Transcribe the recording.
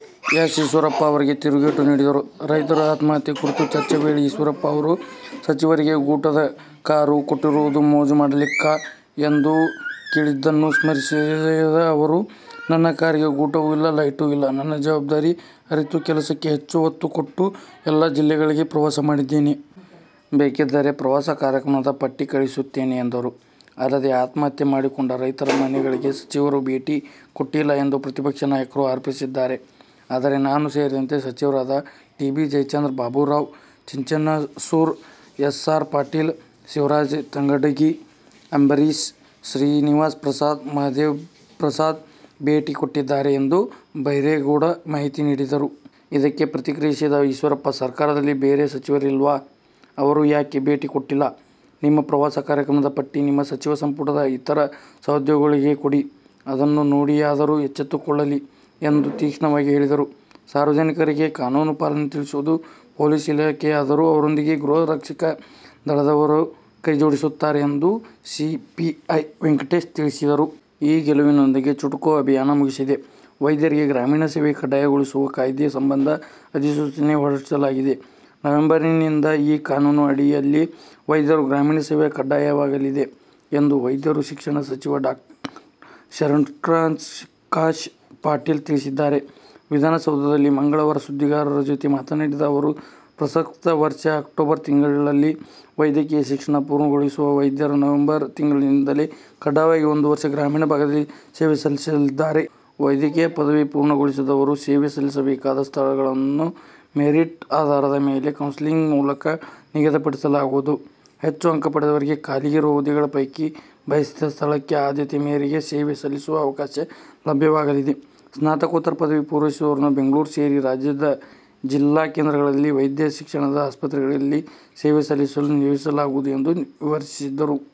S. Eshwarappa ಅವರಿಗೆ ತಿರುಗೇಟು ನೀಡಿದರು. ರೈತರ ಆತ್ಮಹತ್ಯೆ ಕುರಿತ ಚರ್ಚೆ ವೇಳೆ ಈಶ್ವರಪ್ಪ ಅವರು "ಸಚಿವರಿಗೆ ಗೂಟದ ಕಾರು ಕೊಟ್ಟಿರುವುದು ಮೋಜು ಮಾಡಲಿಕ್ಕಾ' ಎಂದು ಕೇಳಿದ್ದನ್ನು ಸ್ಮರಿಸಿದ ಅವರು, ನನ್ನ ಕಾರಿಗೆ ಗೂಟವೂ ಇಲ್ಲ, ಲೈಟೂ ಇಲ್ಲ. ನನ್ನ ಜವಾಬ್ದಾರಿ ಅರಿತು ಕೆಲಸಕ್ಕೆ ಹೆಚ್ಚು ಒತ್ತು ಕೊಟ್ಟು ಎಲ್ಲ ಜಿಲ್ಲೆಗಳಿಗೆ ಪ್ರವಾಸ ಮಾಡಿದ್ದೇನೆ. ಬೇಕಿದ್ದರೆ ಪ್ರವಾಸ ಕಾರ್ಯಕ್ರಮದ ಪಟ್ಟಿ ಕಳಿಸಿಕೊಡುತ್ತೇನೆ ಎಂದರು. ಅಲ್ಲದೇ ಆತ್ಮಹತ್ಯೆ ಮಾಡಿಕೊಂಡ ರೈತರ ಮನೆಗಳಿಗೆ ಸಚಿವರು ಭೇಟಿ ಕೊಟ್ಟಿಲ್ಲ ಎಂದು ಪ್ರತಿಪಕ್ಷ ನಾಯಕರು ಆರೋಪಿಸಿದ್ದಾರೆ. ಆದರೆ, ನಾನೂ ಸೇರಿದಂತೆ ಸಚಿವರಾದ T. B. Jayachandra, Baburao Chinchansur, S. R. Patil, Shivaraj Tangadagi, Ambareesh, Srinivasprasad, Mahadevprasad ಭೇಟಿ ಕೊಟ್ಟಿದ್ದಾರೆ ಎಂದು ಬೈರೇಗೌಡ ಮಾಹಿತಿ ನೀಡಿದರು. ಇದಕ್ಕೆ ಪ್ರತಿಕ್ರಿಯಿಸಿದ ಈಶ್ವರಪ್ಪ, ಸರ್ಕಾರದಲ್ಲಿ ಬೇರೆ ಸಚಿವರಿಲ್ವಾ, ಅವರು ಯಾಕೆ ಭೇಟಿ ಕೊಟ್ಟಿಲ್ಲ. ನಿಮ್ಮ ಪ್ರವಾಸ ಕಾರ್ಯಕ್ರಮದ ಪಟ್ಟಿ ನಿಮ್ಮ ಸಚಿವ ಸಂಪುಟದ ಇತರ ಸಹೋದ್ಯೋಗಿಗಳಿಗೆ ಕೊಡಿ, ಅದನ್ನು ನೋಡಿಯಾದರೂ ಎಚ್ಚೆತ್ತುಕೊಳ್ಳಲಿ ಎಂದು ತೀಕ್ಷ್ಣವಾಗಿ ಹೇಳಿದರು. ಸಾರ್ವಜನಿಕರಿಗೆ ಕಾನೂನು ಪಾಲನೆ ತಿಳಿಸುವುದು ಪೊಲೀಸ್ ಇಲಾಖೆಯಾದರೂ ಅವರೊಂದಿಗೆ ಗೃಹ ರಕ್ಷಕ ದಳದವರು ಕೈಜೋಡಿಸುತ್ತಾರೆ ಎಂದು ಸಿಪಿಐ ವೆಂಕಟೇಶ್ ತಿಳಿಸಿದರು. ಈ ಗೆಲುವಿನೊಂದಿಗೆ ಚುಟುಕು ಅಭಿಯಾನ ಮುಗಿಸಿದೆ. ವೈದ್ಯರಿಗೆ ಗ್ರಾಮೀಣ ಸೇವೆ ಕಡ್ಡಾಯಗೊಳಿಸುವ ಕಾಯ್ದೆ ಸಂಬಂಧ ಅಧಿಸೂಚನೆ ಹೊರಡಿಸಲಾಗಿದ್ದು, ನವೆಂಬರ್ನಿಂದ ಈ ಕಾನೂನಿನ ಅಡಿಯಲ್ಲಿ ವೈದ್ಯರ ಗ್ರಾಮೀಣ ಸೇವೆ ಕಡ್ಡಾಯವಾಗಲಿದೆ ಎಂದು ವೈದ್ಯಕೀಯ ಶಿಕ್ಷಣ ಸಚಿವ ಡಾ. ಶರಣ್ಪ್ರಕಾಶ್ ಪಾಟೀಲ್ ತಿಳಿಸಿದ್ದಾರೆ. ವಿಧಾನಸೌಧದಲ್ಲಿ ಮಂಗಳವಾರ ಸುದ್ದಿಗಾರರ ಜತೆ ಮಾತನಾಡಿದ ಅವರು, ಪ್ರಸಕ್ತ ವರ್ಷ ಅಕ್ಟೋಬರ್ ತಿಂಗಳಲ್ಲಿ ವೈದ್ಯಕೀಯ ಶಿಕ್ಷಣ ಪೂರ್ಣಗೊಳಿಸುವ ವೈದ್ಯರು ನವೆಂಬರ್ ತಿಂಗಳಿನಿಂದಲೇ ಕಡ್ಡಾಯವಾಗಿ ಒಂದು ವರ್ಷ ಗ್ರಾಮೀಣ ಭಾಗದಲ್ಲಿ ಸೇವೆ ಸಲ್ಲಿಸಲ್ಲಿದ್ದಾರೆ. ವೈದ್ಯಕೀಯ ಪದವಿ ಪೂರ್ಣಗೊಳಿಸಿದವರು ಸೇವೆ ಸಲ್ಲಿಸಬೇಕಾದ ಸ್ಥಳವನ್ನು ಮೆರಿಟ್ ಆಧಾರದ ಮೇಲೆ, ಕೌನ್ಸೆಲಿಂಗ್ ಮೂಲಕ ನಿಗದಿಪಡಿಸಲಾಗುವುದು. ಹೆಚ್ಚು ಅಂಕ ಪಡೆದವರಿಗೆ ಖಾಲಿ ಇರುವ ಹುದ್ದೆಗಳ ಪೈಕಿ ಬಯಸಿದ ಸ್ಥಳಕ್ಕೆ ಆದ್ಯತೆ ಮೇರೆಗೆ ಸೇವೆ ಸಲ್ಲಿಸುವ ಅವಕಾಶ ಲಭ್ಯವಾಗಲಿದೆ. ಸ್ನಾತಕೋತ್ತರ ಪದವಿ ಪೂರೈಸಿದವರನ್ನು ಬೆಂಗಳೂರು ಸೇರಿ ರಾಜ್ಯದ ಜಿಲ್ಲಾ ಕೇಂದ್ರಗಳಲ್ಲಿನ ವೈದ್ಯ ಶಿಕ್ಷಣದ ಆಸ್ಪತ್ರೆಗಳಲ್ಲಿ ಸೇವೆ ಸಲ್ಲಿಸಲು ನಿಯೋಜಿಸಲಾಗುವುದು ಎಂದು ವಿವರಿಸಿದರು.